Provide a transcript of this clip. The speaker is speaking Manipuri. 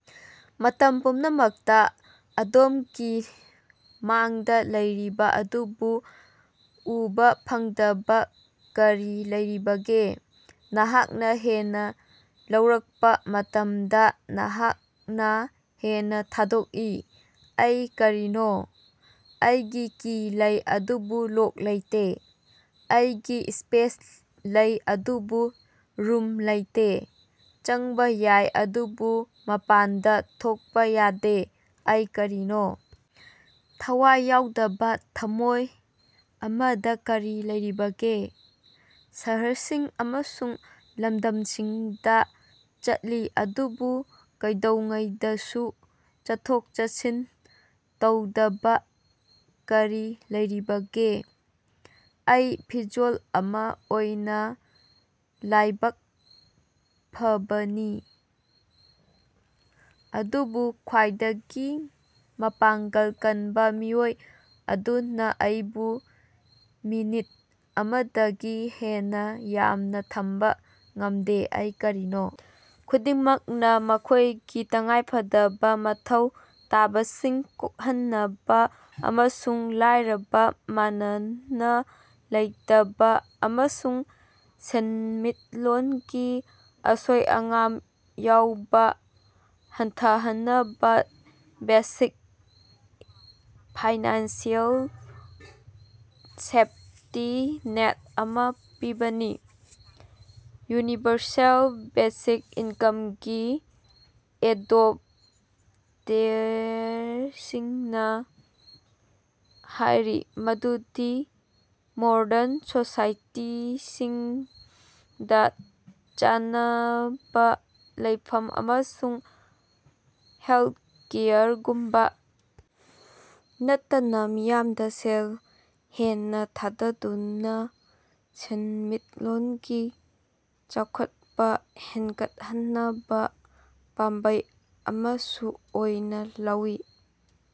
ꯃꯇꯝ ꯄꯨꯝꯅꯃꯛꯇꯥ ꯑꯗꯣꯝꯒꯤ ꯃꯥꯡꯗꯥ ꯂꯩꯔꯤꯕ ꯑꯗꯨꯕꯨ ꯎꯕꯥ ꯐꯪꯗꯕ ꯀꯔꯤ ꯂꯩꯔꯤꯕꯒꯦ? ꯅꯍꯥꯛꯅꯥ ꯍꯦꯟꯅ ꯂꯧꯔꯛꯄ ꯃꯇꯝꯗ ꯅꯍꯥꯛꯅꯥ ꯍꯦꯟꯅ ꯊꯥꯗꯣꯛꯏ꯫ ꯑꯩ ꯀꯔꯤꯅꯣ? ꯑꯩꯒꯤ ꯀꯤ ꯂꯩ ꯑꯗꯨꯕꯨ ꯂꯣꯛ ꯂꯩꯇꯦ꯫ ꯑꯩꯒꯤ ꯁ꯭ꯄꯦꯁ ꯂꯩ ꯑꯗꯨꯕꯨ ꯔꯨꯝ ꯂꯩꯇꯦ꯫ ꯆꯪꯕꯥ ꯌꯥꯏ, ꯑꯗꯨꯕꯨ ꯃꯄꯥꯟꯗꯥ ꯊꯣꯛꯄꯥ ꯌꯥꯗꯦ꯫ ꯑꯩ ꯀꯔꯤꯅꯣ? ꯊꯋꯥꯏ ꯌꯥꯎꯗꯕ ꯊꯝꯃꯣꯏ ꯑꯃꯗꯥ ꯀꯔꯤ ꯂꯩꯔꯤꯕꯒꯦ? ꯁꯍꯔꯁꯤꯡ ꯑꯃꯁꯨꯡ ꯂꯝꯗꯝꯁꯤꯡꯗꯥ ꯆꯠꯂꯤ ꯑꯗꯨꯕꯨ ꯀꯩꯗꯧꯉꯩꯗꯁꯨ ꯆꯠꯊꯣꯛ-ꯆꯠꯁꯤꯟ ꯇꯧꯗꯕꯥ ꯀꯔꯤ ꯂꯩꯔꯤꯕꯒꯦ? ꯑꯩ ꯐꯤꯖꯣꯜ ꯑꯃꯥ ꯑꯣꯏꯅ ꯂꯥꯏꯕꯛ ꯐꯕꯅꯤ ꯑꯗꯨꯕꯨ ꯈ꯭ꯋꯥꯏꯗꯒꯤ ꯃꯄꯥꯡꯒꯜ ꯀꯟꯕ ꯃꯤꯑꯣꯏ ꯑꯗꯨꯅꯥ ꯑꯩꯕꯨ ꯃꯤꯅꯤꯠ ꯑꯃꯗꯒꯤ ꯍꯦꯟꯅ ꯌꯥꯝꯅ ꯊꯝꯕ ꯉꯃꯗꯦ꯫ ꯑꯩ ꯀꯔꯤꯅꯣ? ꯈꯨꯗꯤꯡꯃꯛꯅꯥ ꯃꯈꯣꯏꯒꯤ ꯇꯉꯥꯏꯐꯗꯕ ꯃꯊꯧ ꯇꯥꯕꯁꯤꯡ ꯀꯣꯛꯍꯟꯅꯕ ꯑꯃꯁꯨꯡ ꯂꯥꯏꯔꯕꯥ, ꯃꯥꯟꯅꯅ ꯂꯩꯇꯕ ꯑꯃꯁꯨꯡ ꯁꯦꯟꯃꯤꯠꯂꯣꯟꯒꯤ ꯑꯁꯣꯏ-ꯑꯉꯥꯝ ꯌꯥꯎꯕ ꯍꯟꯊꯍꯟꯅꯕꯥ ꯕꯦꯁꯤꯛ ꯐꯥꯏꯅꯥꯟꯁꯤꯑꯦꯜ ꯁꯦꯐꯇꯤ ꯅꯦꯠ ꯑꯃꯥ ꯄꯤꯕꯅꯤ꯫ ꯌꯨꯅꯤꯚꯔꯁꯦꯜ ꯕꯦꯁꯤꯛ ꯏꯟꯀꯝꯒꯤ ꯑꯦꯗꯣꯄꯇꯦꯔꯁꯤꯡꯅꯥ ꯍꯥꯏꯔꯤ ꯃꯗꯨꯗꯤ ꯃꯣꯗꯔꯟ ꯁꯣꯁꯥꯏꯇꯤꯁꯤꯡꯗꯥ ꯆꯥꯅꯕ, ꯂꯩꯐꯝ ꯑꯃꯁꯨꯡ ꯍꯦꯜꯊꯀꯦꯌꯔꯒꯨꯝꯕꯥ ꯅꯠꯇꯅꯥ ꯃꯤꯌꯥꯝꯗ ꯁꯦꯜ ꯍꯦꯟꯅꯥ ꯊꯥꯗꯗꯨꯅꯥ ꯁꯦꯟꯃꯤꯠꯂꯣꯟꯒꯤ ꯆꯥꯎꯈꯠꯄꯥ ꯍꯦꯟꯒꯠꯍꯟꯅꯕ ꯄꯥꯝꯕꯩ ꯑꯃꯁꯨ ꯑꯣꯏꯅ ꯂꯧꯏ꯫